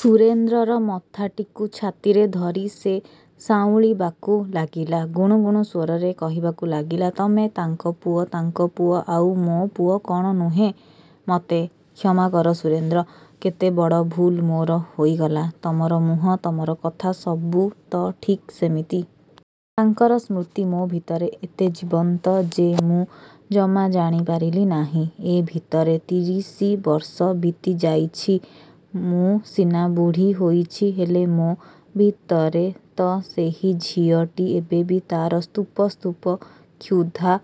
ସୁରେନ୍ଦ୍ରର ମଥାଟିକୁ ଛାତିରେ ଧରି ସେ ସାଉଁଳିବାକୁ ଲାଗିଲା। ଗୁଣୁଗୁଣୁ ସ୍ୱରରେ କହିବାକୁ ଲାଗିଲା ତମେ ତାଙ୍କ ପୁଅ, ତାଙ୍କ ପୁଅ, ଆଉ ମୋ ପୁଅ କଣ ନୁହେଁ? ମତେ କ୍ଷମା କର ସୁରେନ୍ଦ୍ର, କେତେ ବଡ଼ ଭୁଲ ମୋର ହୋଇଗଲା। ତମର ମୁହଁ, ତମର କଥା ସବୁ ତ ଠିକ୍ ସେମିତି। ତାଙ୍କର ସ୍ମୃତି ମୋ ଭିତରେ ଏତେ ଜୀବନ୍ତ ଯେ ମୁଁ ଜମା ଜାଣି ପାରିଲି ନାହିଁ। ଏ ଭିତରେ ତିରିଶି ବର୍ଷ ବିତି ଯାଇଛି। ମୁଁ ସିନା ବୁଢ଼ୀ ହୋଇଛି, ହେଲେ ମୋ ଭିତରେ ତ ସେହି ଝିଅଟି ଏବେବି ତାର ସ୍ତୁପ ସ୍ତୁପ କ୍ଷୁଧା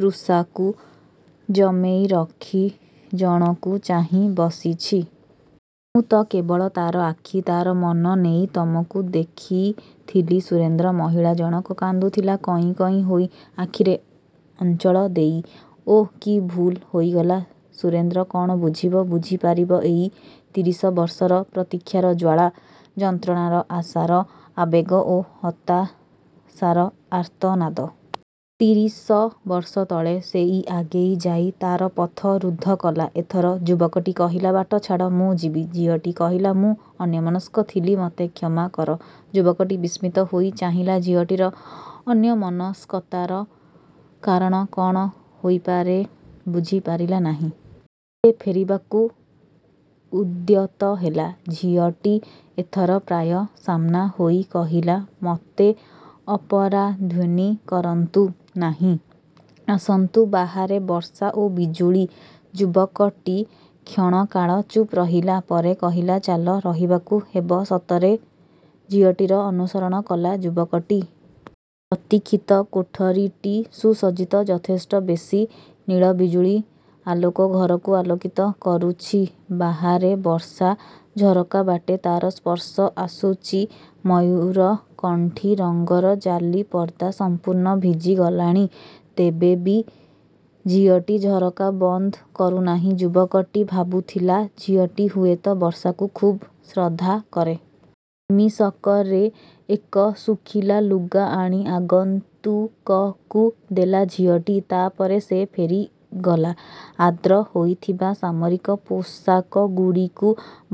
ତୃଷାକୁ ଜମେଇ ରଖି ଜଣକୁ ଚାହିଁ ବସିଛି। ମୁଁ ତ କେବଳ ତାର ଆଖି, ତାର ମନ ନେଇ ତମକୁ ଦେଖିଥିଲି ସୁରେନ୍ଦ୍ର। ମହିଳା ଜଣକ କାନ୍ଦୁଥିଲା କଇଁ କଇଁ ହୋଇ ଆଖିରେ ଅଞ୍ଚଳ ଦେଇ। ଓ, କି ଭୁଲ ହୋଇଗଲା। ସୁରେନ୍ଦ୍ର କଣ ବୁଝିବ, ବୁଝିପାରିବ ଏଇ ତିରିଶ ବର୍ଷର ପ୍ରତିକ୍ଷାର ଜ୍ଵାଳା, ଯନ୍ତ୍ରଣାର ଆଶାର ଆବେଗ ଓ ହତାଶାର ଆର୍ତ୍ତନାଦ। ତିରିଶ ବର୍ଷ ତଳେ, ସେଇ ଆଗେଇ ଯାଇ ତାର ପଥ ରୁଦ୍ଧ କଲା। ଏଥର ଯୁବକଟି କହିଲା ବାଟ ଛାଡ଼, ମୁଁ ଯିବି। ଝିଅଟି କହିଲା ମୁଁ ଅନ୍ୟମନସ୍କ ଥିଲି ମତେ କ୍ଷମା କର। ଯୁବକଟି ବିସ୍ମିତ ହୋଇ ଚାହିଁଲା ଝିଅଟିର ଅନ୍ୟମନସ୍କତାର କାରଣ କଣ ହୋଇପାରେ ବୁଝିପାରିଲା ନାହିଁ। ଫେରିବାକୁ ଉଦ୍ୟତ ହେଲା। ଝିଅଟି ଏଥର ପ୍ରାୟ ସାମ୍ନା ହୋଇ କହିଲା, ମତେ ଅପରାଧ୍ଵନୀ କରନ୍ତୁ ନାହିଁ। ଆସନ୍ତୁ, ବାହାରେ ବର୍ଷା ଓ ବିଜୁଳି। ଯୁବକଟି କ୍ଷଣକାଳ ଚୁପ୍ ରହିଲା। ପରେ କହିଲା, ଚାଲ ରହିବାକୁ ହେବ ସତରେ। ଝିଅଟିର ଅନୁସରଣ କଲା ଯୁବକଟି। ପ୍ରତୀକ୍ଷିତ କୋଠରୀଟି ସୁସଜ୍ଜିତ, ଯଥେଷ୍ଟ ବେଶୀ। ନୀଳ ବିଜୁଳି ଆଲୋକ ଘରକୁ ଆଲୋକିତ କରୁଛି। ବାହାରେ ବର୍ଷା, ଝରକାବାଟେ ତାର ସ୍ପର୍ଶ ଆସୁଚି, ମୟୂରକଣ୍ଠୀ ରଙ୍ଗର ଜାଲି ପର୍ଦ୍ଦା ସମ୍ପୂର୍ଣ୍ଣ ଭିଜିଗଲାଣି। ତେବେ ବି ଝିଅଟି ଝରକା ବନ୍ଦ କରୁ ନାହିଁ। ଯୁବକଟି ଭାବୁଥିଲା ଝିଅଟି ହୁଏତ ବର୍ଷାକୁ ଖୁବ୍ ଶ୍ରଦ୍ଧା କରେ। ନିମିଷକରେ ଏକ ଶୁଖିଲା ଲୁଗା ଆଣି ଆଗନ୍ତୁକକୁ ଦେଲା ଝିଅଟି। ତା ପରେ ସେ ଫେରିଗଲା। ଆଦ୍ର ହୋଇଥିବା ସାମରିକ ପୋଷାକଗୁଡ଼ିକୁ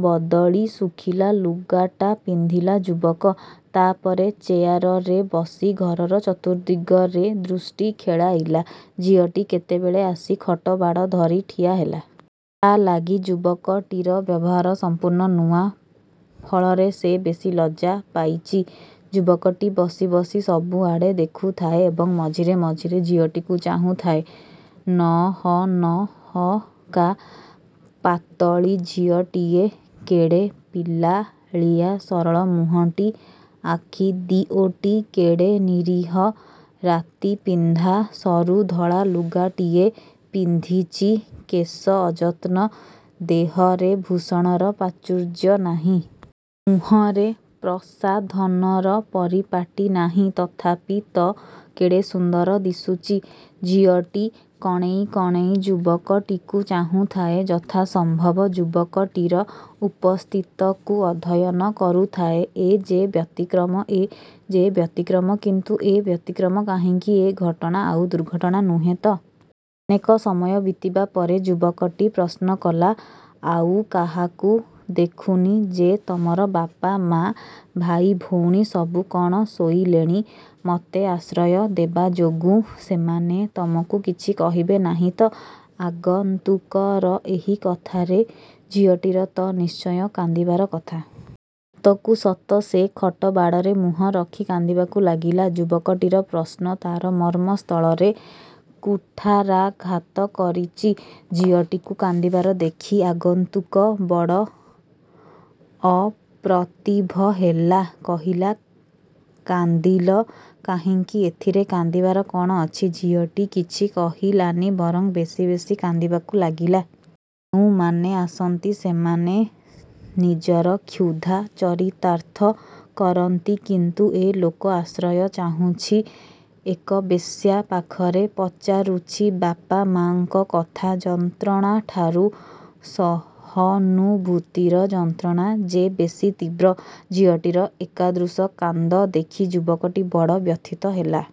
ବଦଳି, ଶୁଖିଲା ଲୁଗାଟା ପିନ୍ଧିଲା ଯୁବକ। ତାପରେ ଚେୟାରରେ ବସି ଘରର ଚତୁର୍ଦ୍ଦିଗରେ ଦୃଷ୍ଟି ଖେଳାଇଲା। ଝିଅଟି କେତେବେଳେ ଆସି ଖଟ ବାଡ଼ ଧରି ଠିଆହେଲା। ତା ଲାଗି ଯୁବକଟିର ବ୍ୟବହାର ସମ୍ପୂର୍ଣ୍ଣ ନୂଆ, ଫଳରେ ସେ ବେଶି ଲଜ୍ଜା ପାଇଚି। ଯୁବକଟି ବସି ବସି ସବୁଆଡ଼େ ଦେଖୁଥାଏ ଏବଂ ମଝିରେ ମଝିରେ ଝିଅଟିକୁ ଚାହୁଁ ଥାଏ। ନହନହକା ପାତଳୀ ଝିଅଟିଏ, କେଡ଼େ ପିଲାଳିଆ ସରଳ ମୁହଁଟି, ଆଖି ଦିଓଟି କେଡ଼େ ନିରୀହ ରାତିପିନ୍ଧା ସରୁ ଧଳା ଲୁଗାଟିଏ ପିନ୍ଧିଚି, କେଶ ଅଯତ୍ନ, ଦେହରେ ଭୂଷଣର ପ୍ରାଚୁର୍ଯ୍ୟ ନାହିଁ। ମୁହଁରେ ପ୍ରସାଧନର ପରିପାଟୀ ନାହିଁ। ତଥାପି ତ କେଡ଼େସୁନ୍ଦର ଦିଶୁଚି। ଝିଅଟି କଣେଇ କଣେଇ ଯୁବକଟିକୁ ଚାହୁଁଥାଏ। ଯଥାସମ୍ଭବ ଯୁବକଟିର ଉପସ୍ଥିତକୁ ଅଧ୍ୟୟନ କରୁଥାଏ। ଏ ଯେ ବ୍ୟତିକ୍ରମ, ଏ ଯେ ବ୍ୟତିକ୍ରମ କିନ୍ତୁ ଏ ବ୍ୟତିକ୍ରମ କାହିଁକି? ଏ ଘଟଣା ଆଉ ଦୁର୍ଘଟଣା ନୁହେଁ ତ? ଅନେକ ସମୟ ବିତିବା ପରେ ଯୁବକଟି ପ୍ରଶ୍ନ କଲା ଆଉ କାହାକୁ ଦେଖୁନି ଯେ ତମର ବାପା, ମା, ଭାଇଭଉଣୀ ସବୁ କଣ ଶୋଇଲେଣି? ମତେ ଆଶ୍ରୟ ଦେବାଯୋଗୁଁ ସେମାନେ ତମକୁ କିଛି କହିବେ ନାହିଁ ତ? ଆଗନ୍ତୁକର ଏହି କଥାରେ ଝିଅଟିର ତ ନିଶ୍ଚୟ କାନ୍ଦିବାର କଥା। ସତକୁ ସତ ସେ ଖଟ ବାଡ଼ରେ ମୁହଁ ରଖି କାନ୍ଦିବାକୁ ଲାଗିଲା। ଯୁବକଟିର ପ୍ରଶ୍ନ ତାର ମର୍ମ ସ୍ଥଳରେ କୁଠାରାଘାତ କରିଚି। ଝିଅଟିକୁ କାନ୍ଦିବାର ଦେଖି ଆଗନ୍ତୁକ ବଡ଼ ଅପ୍ରତିଭ ହେଲା, କହିଲା କାନ୍ଦିଲ କାହିଁକି? ଏଥିରେ କାନ୍ଦିବାର କଣ ଅଛି? ଝିଅଟି କିଛି କହିଲାନି ବରଂ ବେଶୀ ବେଶୀ କାନ୍ଦିବାକୁ ଲାଗିଲା। ଉଁମାନେ ଆସନ୍ତି ସେମାନେ ନିଜର କ୍ଷୁଧା ଚରିତାର୍ଥ କରନ୍ତି କିନ୍ତୁ ଏ ଲୋକ ଆଶ୍ରୟ ଚାହୁଁଛି, ଏକ ବେଶ୍ୟା ପାଖରେ। ପଚାରୁଛି ବାପା, ମା ଙ୍କ କଥା। ଯନ୍ତ୍ରଣାଠାରୁ ସହନୁଭୂତିର ଯନ୍ତ୍ରଣା ଯେ ବେଶୀ ତୀବ୍ର। ଝିଅଟିର ଏକାଦୃଶ କାନ୍ଦ ଦେଖି ଯୁବକଟି ବଡ଼ ବ୍ୟଥିତ ହେଲା।